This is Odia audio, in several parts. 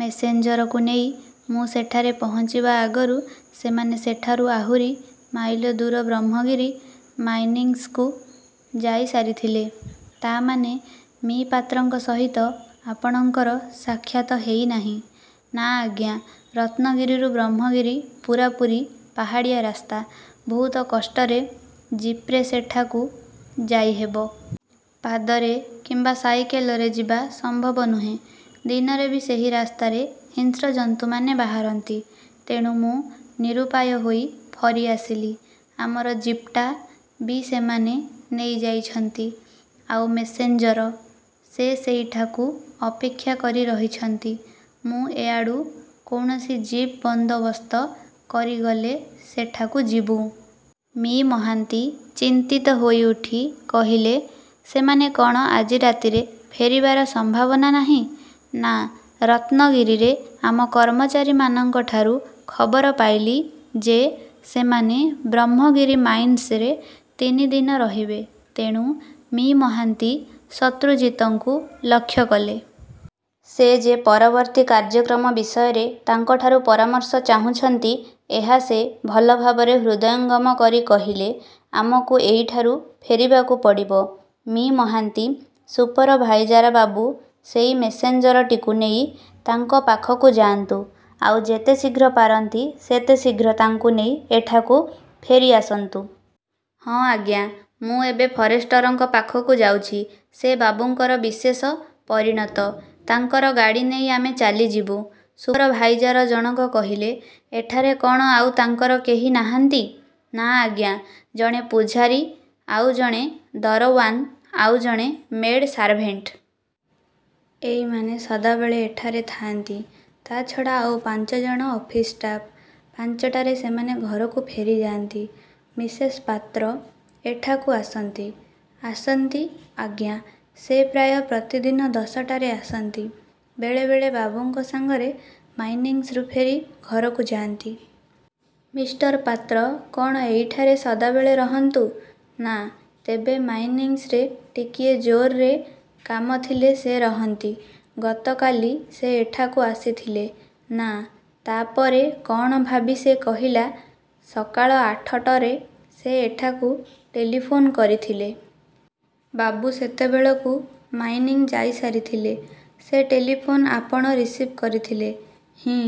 ମେସେଞ୍ଜରକୁ ନେଇ ମୁଁ ସେଠାରେ ପହଞ୍ଚିବା ଆଗରୁ ସେମାନେ ସେଠାରୁ ଆହୁରି। ମାଇଲ ଦୂର ବ୍ରହ୍ମଗିରି ମାଇନିଂସକୁ ଯାଇସାରିଥିଲେ। ' 'ତା' ମାନେ, ମି: ପାତ୍ରଙ୍କ ସହିତ ଆପଣଙ୍କର ସାକ୍ଷାତ ହେଇନାହିଁ? ' 'ନା, ଆଜ୍ଞା! ରତ୍ନଗିରିରୁ ବ୍ରହ୍ମଗିରି ପୂରାପୁରି ପାହାଡ଼ିଆ ରାସ୍ତା। ବହୁତ କଷ୍ଟରେ ଜିପ୍ରେ ସେଠାକୁ ଯାଇହେବ। ପାଦରେ କିମ୍ୱା ସାଇକେଲରେ ଯିବା ସମ୍ଭବ ନୁହେଁ। ଦିନରେ ବି ସେହି ରାସ୍ତାରେ ହିଂସ୍ରଜନ୍ତୁମାନେ ବାହାରନ୍ତି। ତେଣୁ ମୁଁ ନିରୁପାୟ ହୋଇ ଫରିଆସିଲି। ଆମର ଜିପ୍ଟା ବି ସେମାନେ ନେଇଯାଇଛନ୍ତି। ' 'ଆଉ ମେସେଞ୍ଜର? ' 'ସେ ସେଇଠାକୁ ଅପେକ୍ଷା କରି ରହିଛନ୍ତି। ମୁଁ ଏଆଡ଼ୁ କୌଣସି ଜିପ୍ ବନ୍ଦୋବସ୍ତ କରି ଗଲେ ସେଠାକୁ ଯିବୁଁ। ' ମି: ମହାନ୍ତି ଚିନ୍ତିତ ହୋଇଉଠି କହିଲେ, 'ସେମାନେ କଣ ଆଜି ରାତିରେ ଫେରିବାର ସମ୍ଭାବନା ନାହିଁ? ' 'ନା। ' ରତ୍ନଗିରିରେ ଆମ କର୍ମଚାରୀମାନଙ୍କଠାରୁ ଖବର ପାଇଲି ଯେ ସେମାନେ ବ୍ରହ୍ମଗିରି ମାଇନ୍ସରେ ତିନି ଦିନ ରହିବେ। ତେଣୁ' ମି: ମହାନ୍ତି ଶତ୍ରୁଜିତଙ୍କୁ ଲକ୍ଷ୍ୟ କଲେ। ସେ ଯେ ପରିବର୍ତ୍ତୀ କାର୍ଯ୍ୟକ୍ରମ ବିଷୟରେ ତାଙ୍କଠାରୁ ପରାର୍ମଶ ଚାହୁଁଛନ୍ତି ଏହା ସେ ଭଲ ଭାବରେ ହୃଦୟଙ୍ଗମ କରି କହିଲେ, 'ଆମକୁ ଏଇଠାରୁ ଫେରିବାକୁ ପଡ଼ିବ, ମି: ମହାନ୍ତି! ସୁପରଭାଇଜାରବାବୁ ସେଇ ମେସେଞ୍ଜରଟିକୁ ନେଇ ତାଙ୍କ ପାଖକୁ ଯାଆନ୍ତୁ, ଆଉ ଯେତେ ଶୀଘ୍ର ପାରନ୍ତି ସେତେ ଶୀଘ୍ର ତାଙ୍କୁ ନେଇ ଏଠାକୁ ଫେରି ଆସନ୍ତୁ। ' 'ହଁ ଆଜ୍ଞା, ମୁଁ ଏବେ ଫରେଷ୍ଟରଙ୍କ ପାଖକୁ ଯାଉଛି। ସେ ବାବୁଙ୍କର ବିଶେଷ ପରିଣତ-। ତାଙ୍କର ଗାଡ଼ି ନେଇ ଆମେ ଚାଲିଯିବୁଁ। ' ସୁପରଭାଇଜାର ଜଣକ କହିଲେ। 'ଏଠାରେ କ'ଣ ଆଉ ତାଙ୍କର କେହି। ନାହାନ୍ତି? ' 'ନା-ଆଜ୍ଞା! ଜଣେ ପୁଝାରୀ, ଆଉଜଣେ ଦରଓ୍ୟାନ ଆଉ ଜଣେ ମେଡ଼୍ ସାର୍ଭେଣ୍ଟ। ଏଇମାନେ ସଦାବେଳେ ଏଠାରେ ଥାଆନ୍ତି। ତା'ଛଡ଼ା ଆଉ ପାଞ୍ଚଜଣ ଅଫିସ ଷ୍ଟାଫ୍। ପାଞ୍ଚଟାରେ ସେମାନେ ଘରକୁ ଫେରିଯାଆନ୍ତି। ' 'ମିସେସ ପାତ୍ର ଏଠାକୁ ଆସନ୍ତି? ' 'ଆସନ୍ତି, ଆଜ୍ଞା! ସେ ପ୍ରାୟ ପ୍ରତିଦିନ ଦଶଟାରେ ଆସନ୍ତି। ବେଳେବେଳେ ବାବୁଙ୍କ ସାଙ୍ଗରେ ମାଇନିଂସରୁ ଫେରି ଘରକୁ ଯାଆନ୍ତି। ' 'ମିଷ୍ଟର ପାତ୍ର କଣ ଏଇଠାରେ ସଦାବେଳେ ରହନ୍ତୁ? ' 'ନା, ତେବେ ମାଇନିଂସରେ ଟିକିଏ ଜୋରରେ କାମ ଥିଲେ ସେ ରହନ୍ତି। ' 'ଗତ କାଲି ସେ ଏଠାକୁ ଆସିଥିଲେ? ' 'ନା। ତାପରେ କ'ଣ ଭାବି ସେ କହିଲା, 'ସକାଳ ଆଠଟରେ ସେ ଏଠାକୁ ଟେଲିଫୋନ୍ କରିଥିଲେ। ବାବୁ ସେତେବେଳକୁ ମାଇନିଂ ଯାଇସାରିଥିଲେ। ' 'ସେ ଟେଲିଫୋନ ଆପଣ ରିସିଭ୍ କରିଥିଲେ? ' 'ହିଁ,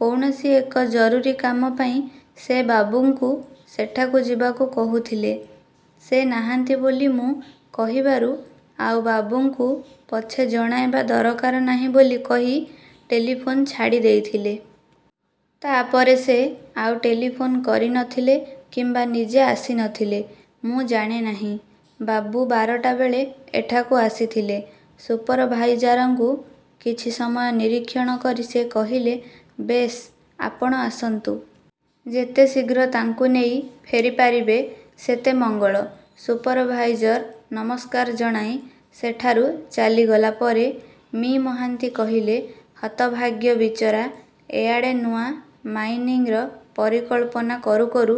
କୌଣସି ଏକ ଜରୁରୀ କାମ ପାଇଁ ସେ ବାବୁଙ୍କୁ ସେଠାକୁ ଯିବାକୁ କହୁଥିଲେ। ସେ ନାହାନ୍ତି ବୋଲି ମୁଁ କହିବାରୁ ଆଉ ବାବୁଙ୍କୁ ପଛେ ଜଣାଇବା ଦରକାର ନାହିଁ ବୋଲି କହି ଟେଲିଫୋନ ଛାଡ଼ିଦେଇଥିଲେ। ' 'ତା'ପରେ ସେ ଆଉ ଟେଲିଫୋନ କରି ନ ଥିଲେ କିମ୍ୱା ନିଜେ ଆସି ନ ଥିଲେ? ' 'ମୁଁ ଜାଣେ ନାହିଁ। ବାବୁ ବାରଟା ବେଳେ ଏଠାକୁ ଆସିଥିଲେ। ' ସୁପରଭାଇଜାରଙ୍କୁ କିଛି ସମୟ ନିରୀକ୍ଷଣ କରି ସେ କହିଲେ, 'ବେଶ୍ ଆପଣ ଆସନ୍ତୁ। ଯେତେ ଶୀଘ୍ର ତାଙ୍କୁ ନେଇ ଫେରିପାରିବେ ସେତେ ମଙ୍ଗଳ। ' ସୁପରଭାଇଜର ନମସ୍କାର ଜଣାଇ ସେଠାରୁ ଚାଲିଗଲା ପରେ ମି: ମହାନ୍ତି କହିଲେ, 'ହତଭାଗ୍ୟ ବିଚରା, ଏଆଡ଼େ ନୂଆ ମାଇନିଙ୍ଗର ପରିକଳ୍ପନା କରୁ କରୁ